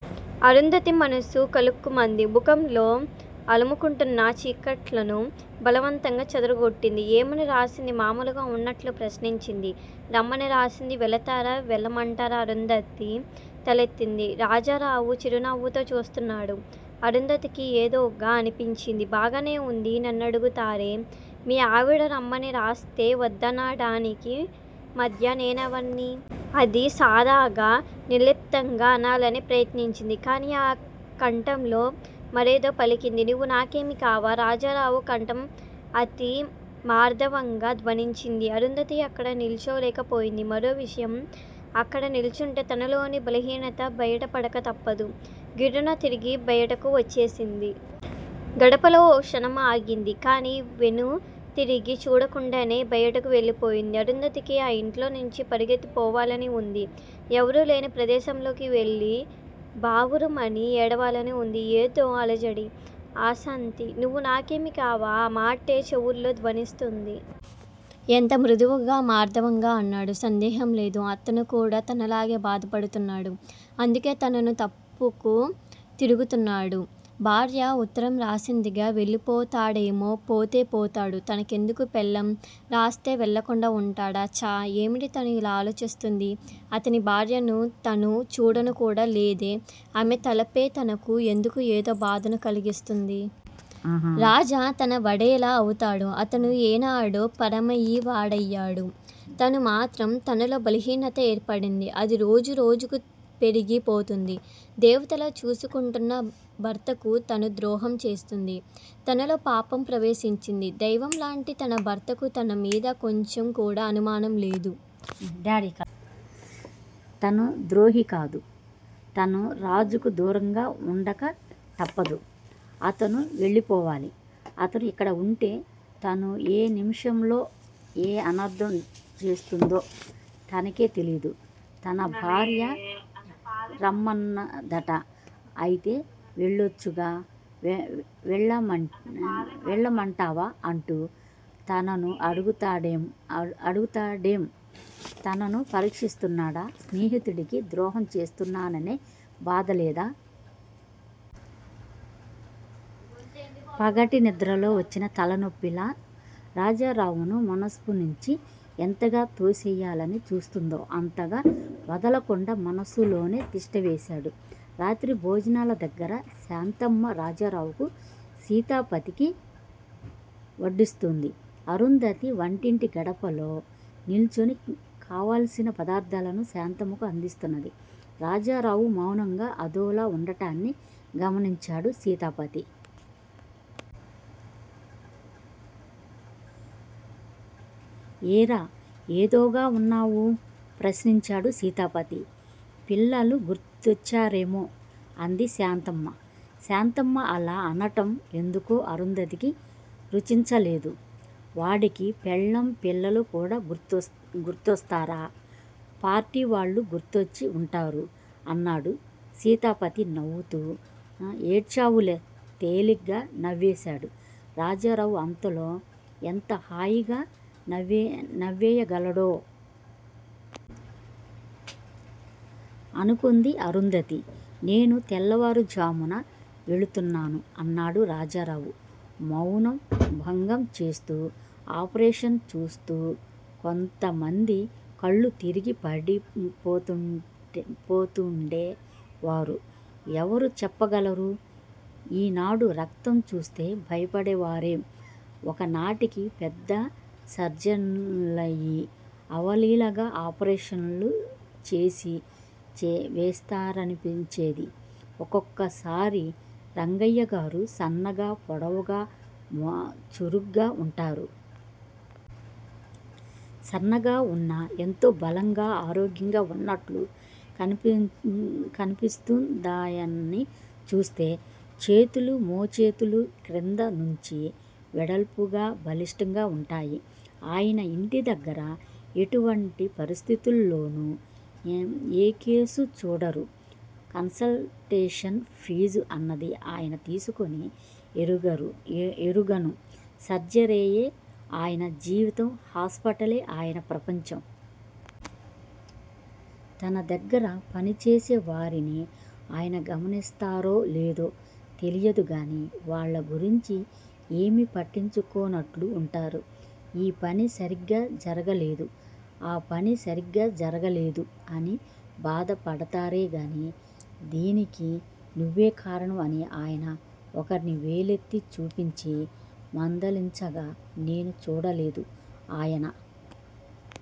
అరుంధతి మనసు కలుక్కుమంది. ముఖంలో అలుముకుంటున్న చీకట్లను బలవంతంగా చెదరగొట్టింది. ఏమని రాసింది? మామూలుగా ఉన్నట్లు ప్రశ్నించింది. రమ్మని రాసింది! వెళతారా? వెళ్ళమంటారా? అరుంధతి తలెత్తింది. రాజారావు చిరునవ్వుతో చూస్తున్నాడు. అరుంధతికి ఏదోగా అనిపించింది. బాగానే ఉంది. నన్నడుగుతారే? మీ ఆవిడ రమ్మని రాస్తే వద్దనడానికి మధ్య నేనెవర్ని! అతి సాదాగా నిర్లిప్తంగా అనాలని ప్రయత్నించింది. కాని ఆ కంఠంలో మరేదో పలికింది. నువ్వు నాకేమీ కావా? రాజారావు కంఠం అతి మార్దవంగా ధ్వనించింది. అరుంధతి అక్కడ నిల్చోలేక పోయింది. మరో నిమిషం అక్కడ నిల్చుంటే తనలోని బలహీనత బయటపడక తప్పదు. గిర్రున తిరిగి బయటకు వచ్చేసింది. గడపలో ఓ క్షణం ఆగింది. కాని వెనుతిరిగి చూడకుండానే బయటకు వెళ్ళిపోయింది. అరుంధతికి ఆ ఇంట్లో నుంచి పరుగెత్తి పోవాలని వుంది. ఎవరూ లేని ప్రదేశంలోకి వెళ్ళి బావురుమని ఏడవాలని వుంది. ఏదో అలజడి! అశాంతి! నువ్వు నాకేమీ కావా? ఆ మాటే చెవుల్లో ధ్వనిస్తూంది. ఎంత మృదువుగా, మార్దవంగా అన్నాడు! సందేహం లేదు. అతను కూడా తనలాగే బాధపడుతున్నాడు. అందుకే తనను తప్పుకు తిరుగుతున్నాడు. భార్య ఉత్తరం రాసిందిగా వెళ్ళిపోతాడేమో? పోతే పోతాడు. తనకెందుకు? పెళ్ళాం రాస్తే వెళ్ళకుండా వుంటాడా? ఛ! ఏమిటి తను ఇలా ఆలోచిస్తూంది? అతని భార్యను తను చూడనుకూడా లేదే ఆమె తలపే తనకు ఎందుకు ఏదో బాధను కలిగిస్తుంది? రాజా తన వాడెలా అవుతాడు? అతను ఏనాడో పరాయివాడయ్యాడు. తను మాత్రం! తనలో బలహీనత ఏర్పడింది. అది రోజు రోజుకూ పెరిగి పోతూంది. దేవతలా చూసుకుంటున్న భర్తకు తను ద్రోహం చేస్తూంది. తనలో పాపం ప్రవేశించింది. దైవం లాంటి తన భర్తకు తన మీద కొంచెం కూడా అనుమానం లేదు. తను ద్రోహి కాదు. తను రాజాకు దూరంగా వుండక తప్పదు. అతను వెళ్ళిపోవాలి. అతను ఇక్కడ వుంటే తను ఏ నిముషంలో ఏ అనర్ధం చేస్తుందో తనకే తెలియదు. తన భార్య రమ్మన్నదట! అయితే వెళ్ళొచ్చుగా? వెళ్ళమంటావా అంటూ తనను అడుగుతాడేం? తనను పరీక్షిస్తున్నాడా? స్నేహితుడికి ద్రోహం చేస్తున్నాననే బాధ లేదా? పగటి నిద్రలో వచ్చిన తలనొప్పిలా, రాజారావును మనస్సునించి ఎంతగా తోసెయ్యాలని చూస్తుందో అంతగా వదలకుండా మనస్సులోనే తిష్ఠ వేశాడు. రాత్రి భోజనాల దగ్గిర శాంతమ్మ రాజారావుకూ సీతాపతికి వడ్డిస్తూంది. అరుంధతి వంటింటి గడపలో నిల్చొని కావాల్సిన పదార్ధాలను శాంతమ్మకు అందిస్తున్నది. రాజారావు మౌనంగా అదోలా వుండటాన్ని గమనించాడు సీతాపతి. ఏరా ఏదోగా వున్నావు? ప్రశ్నించాడు సీతాపతి. పిల్లలు గుర్తొచ్చారేమో? అంది శాంతమ్మ. శాంతమ్మ అలా అనటం ఎందుకో అరుంధతికి రుచించలేదు. వాడికి పెళ్ళాం పిల్లలు కూడా గుర్తొస్తారా? పార్టీవాళ్ళు గుర్తొచ్చి వుంటారు అన్నాడు సీతాపతి నవ్వుతూ. ఏడ్చావులే తేలిగ్గా నవ్వేశాడు రాజారావు. అంతలో ఎంత హాయిగా నవ్వేయగలడో! అనుకుంది అరుంధతి. నేను తెల్లవారుఝామున వెళుతున్నాను అన్నాడు రాజారావు మౌనం భంగంచేస్తూ. ఆపరేషన్ చూస్తూ కొంతమంది కళ్ళు తిరిగి పడి పోతూండే వారు. ఎవరు చెప్పగలరు, యీనాడు రక్తం చూస్తే భయపడిపోయేవారేం ఒక నాటికి పెద్ద సర్జన్లయి, అవలీలగా ఆపరేషన్లు చేసి వేస్తారనిపించేది ఒక్కొక్కసారి. రంగయ్యగారు సన్నగా, పొడవుగా, చురుగ్గా వుంటారు. సన్నగా వున్నా ఎంతో బలంగా, ఆరోగ్యంగా వున్నట్లు కనిపిస్తుందాయన్ని చూస్తే. చేతులు మోచేతులు క్రింద నుంచి వెడల్పుగా, బలిష్ఠంగా వుంటాయి. ఆయన యింటి దగ్గర ఎటువంటి పరిస్థితుల్లోనూ ఏ కేసూ చూడరు. కన్సల్టేషన్ ఫీజు అన్నది ఆయన తీసుకుని ఎరుగను. సర్జరీయే ఆయన జీవితం! హాస్పిటలే ఆయన ప్రపంచం. తన దగ్గర పని చేసే వారిని ఆయన గమనిస్తారో లేదో తెలియదుగాని వాళ్ళ గురించి ఏమీ పట్టించుకోనట్లు వుంటారు. ఈ పని సరిగ్గా జరగలేదు. ఆపని సరిగ్గా జరగలేదు అని బాధ పడతారే గాని దీనికి నువ్వే కారణం అని ఆయన ఒకర్ని వేలెత్తి చూపించి మందలించగా నేను చూడలేదు. ఆయన